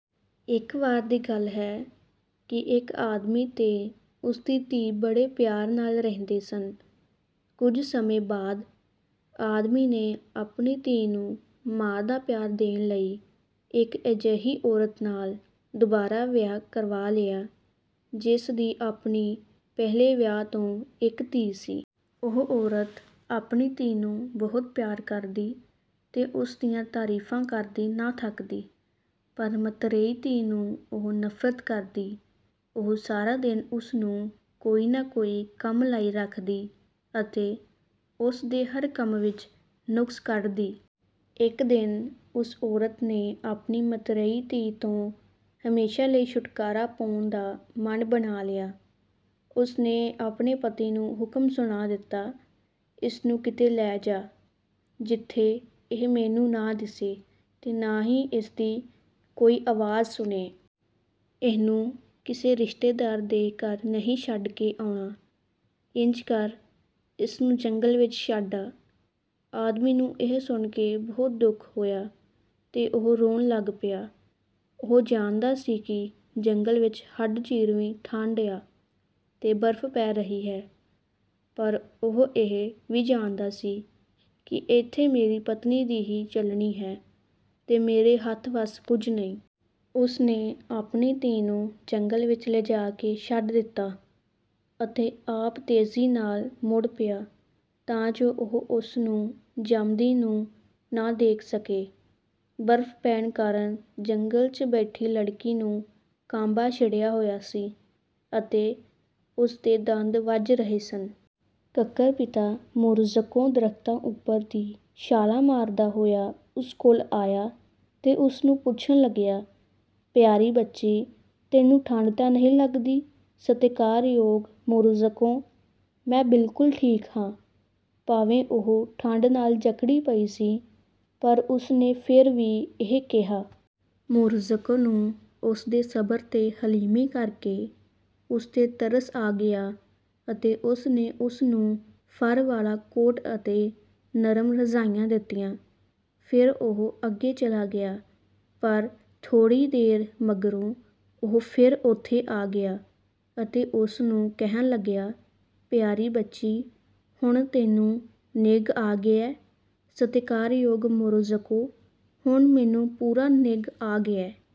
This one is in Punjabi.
ਇੱਕ ਵਾਰ ਦੀ ਗੱਲ ਹੈ ਕਿ ਇੱਕ ਆਦਮੀ ਤੇ ਉਸ ਦੀ ਧੀ ਬੜੇ ਪਿਆਰ ਨਾਲ ਰਹਿੰਦੇ ਸਨ। ਕੁਝ ਸਮੇਂ ਬਾਅਦ ਆਦਮੀ ਨੇ ਆਪਣੀ ਧੀ ਨੂੰ ਮਾਂ ਦਾ ਪਿਆਰ ਦੇਣ ਲਈ ਇੱਕ ਅਜਿਹੀ ਔਰਤ ਨਾਲ ਦੁਬਾਰਾ ਵਿਆਹ ਕਰਵਾ ਲਿਆ ਜਿਸ ਦੀ ਆਪਣੀ ਪਹਿਲੇ ਵਿਆਹ ਤੋਂ ਇੱਕ ਧੀ ਸੀ। ਉਹ ਔਰਤ ਆਪਣੀ ਧੀ ਨੂੰ ਬਹੁਤ ਪਿਆਰ ਕਰਦੀ ਤੇ ਉਸ ਦੀਆਂ ਤਾਰੀਫ਼ਾਂ ਕਰਦੀ ਨਾ ਥੱਕਦੀ ਪਰ ਮਤਰੇਈ ਧੀ ਨੂੰ ਉਹ ਨਫ਼ਰਤ ਕਰਦੀ। ਉਹ ਸਾਰਾ ਦਿਨ ਉਸ ਨੂੰ ਕੋਈ ਨਾ ਕੋਈ ਕੰਮ ਲਾਈ ਰੱਖਦੀ ਅਤੇ ਉਸ ਦੇ ਹਰ ਕੰਮ ਵਿੱਚ ਨੁਕਸ ਕੱਢਦੀ। ਇੱਕ ਦਿਨ ਉਸ ਔਰਤ ਨੇ ਆਪਣੀ ਮਤਰੇਈ ਧੀ ਤੋਂ ਹਮੇਸ਼ਾਂ ਲਈ ਛੁਟਕਾਰਾ ਪਾਉਣ ਦਾ ਮਨ ਬਣਾ ਲਿਆ। ਉਸ ਨੇ ਆਪਣੇ ਪਤੀ ਨੂੰ ਹੁਕਮ ਸੁਣਾ ਦਿੱਤਾ, ''ਇਸ ਨੂੰ ਕਿਤੇ ਲੈ ਜਾ… ਜਿੱਥੇ ਇਹ ਮੈਨੂੰ ਨਾ ਦਿਸੇ ਤੇ ਨਾ ਹੀ ਇਸ ਦੀ ਕੋਈ ਆਵਾਜ਼ ਸੁਣੇ। ਇਹਨੂੰ ਕਿਸੇ ਰਿਸ਼ਤੇਦਾਰ ਦੇ ਘਰ ਨ੍ਹੀਂ ਛੱਡ ਕੇ ਆਉਣਾ। ਇੰਜ ਕਰ ਇਸ ਨੂੰ ਜੰਗਲ ਵਿੱਚ ਛੱਡ ਆ। " ਆਦਮੀ ਨੂੰ ਇਹ ਸੁਣ ਕੇ ਬਹੁਤ ਦੁੱਖ ਹੋਇਆ ਤੇ ਉਹ ਰੋਣ ਲੱਗ ਪਿਆ। ਉਹ ਜਾਣਦਾ ਸੀ ਕਿ ਜੰਗਲ ਵਿੱਚ ਹੱਡ ਚੀਰਵੀਂ ਠੰਢ ਆ ਤੇ ਬਰਫ਼ ਪੈ ਰਹੀ ਹੈ ਪਰ ਉਹ ਇਹ ਵੀ ਜਾਣਦਾ ਸੀ ਕਿ ਇੱਥੇ ਮੇਰੀ ਪਤਨੀ ਦੀ ਹੀ ਚੱਲਣੀ ਹੈ ਤੇ ਮੇਰੇ ਹੱਥ ਵੱਸ ਕੁਝ ਨਹੀਂ। ਉਸ ਨੇ ਆਪਣੀ ਧੀ ਨੂੰ ਜੰਗਲ ਵਿੱਚ ਲਿਜਾ ਕੇ ਛੱਡ ਦਿੱਤਾ ਅਤੇ ਆਪ ਤੇਜ਼ੀ ਨਾਲ ਮੁੜ ਪਿਆ ਤਾਂ ਜੋ ਉਹ ਉਸ ਨੂੰ ਜੰਮਦੀ ਨੂੰ ਨਾ ਦੇਖ ਸਕੇ। ਬਰਫ਼ ਪੈਣ ਕਾਰਨ ਜੰਗਲ 'ਚ ਬੈਠੀ ਲੜਕੀ ਨੂੰ ਕਾਂਬਾ ਛਿੜਿਆ ਹੋਇਆ ਸੀ ਅਤੇ ਉਸ ਦੇ ਦੰਦ ਵੱਜ ਰਹੇ ਸਨ। ਕੱਕਰ ਪਿਤਾ ਮੋਰੋਜ਼ਕੋ ਦਰੱਖਤਾਂ ਉੱਪਰ ਦੀ ਛਾਲਾਂ ਮਾਰਦਾ ਹੋਇਆ ਉਸ ਕੋਲ ਆਇਆ ਤੇ ਉਸ ਨੂੰ ਪੁੱਛਣ ਲੱਗਿਆ, ''ਪਿਆਰੀ ਬੱਚੀ, ਤੈਨੂੰ ਠੰਢ ਤਾਂ ਨ੍ਹੀਂ ਲੱਗਦੀ? " ''ਸਤਿਕਾਰਯੋਗ ਮੋਰੋਜ਼ਕੋ, ਮੈਂ ਬਿਲਕੁਲ ਠੀਕ ਆਂ। " ਭਾਵੇਂ ਉਹ ਠੰਢ ਨਾਲ ਜਕੜੀ ਪਈ ਸੀ ਪਰ ਉਸ ਨੇ ਫਿਰ ਵੀ ਇਹ ਕਿਹਾ। ਮੋਰੋਜ਼ਕੋ ਨੂੰ ਉਸ ਦੇ ਸਬਰ ਤੇ ਹਲੀਮੀ ਕਰ ਕੇ ਉਸ 'ਤੇ ਤਰਸ ਆ ਗਿਆ ਅਤੇ ਉਸ ਨੇ ਉਸ ਨੂੰ ਫਰ ਵਾਲਾ ਕੋਟ ਅਤੇ ਨਰਮ ਰਜ਼ਾਈਆਂ ਦਿੱਤੀਆਂ। ਫਿਰ ਉਹ ਅੱਗੇ ਚਲਾ ਗਿਆ ਪਰ ਥੋੜ੍ਹੀ ਦੇਰ ਮਗਰੋਂ ਉਹ ਫਿਰ ਉੱਥੇ ਆ ਗਿਆ ਅਤੇ ਉਸ ਨੂੰ ਕਹਿਣ ਲੱਗਿਆ, ''ਪਿਆਰੀ ਬੱਚੀ, ਹੁਣ ਤੈਨੂੰ ਨਿੱਘ ਆ ਗਿਐ। " ''ਸਤਿਕਾਰਯੋਗ ਮੋਰੋਜ਼ਕੋ, ਹੁਣ ਮੈਨੂੰ ਪੂਰਾ ਨਿੱਘ ਆ ਗਿਐ।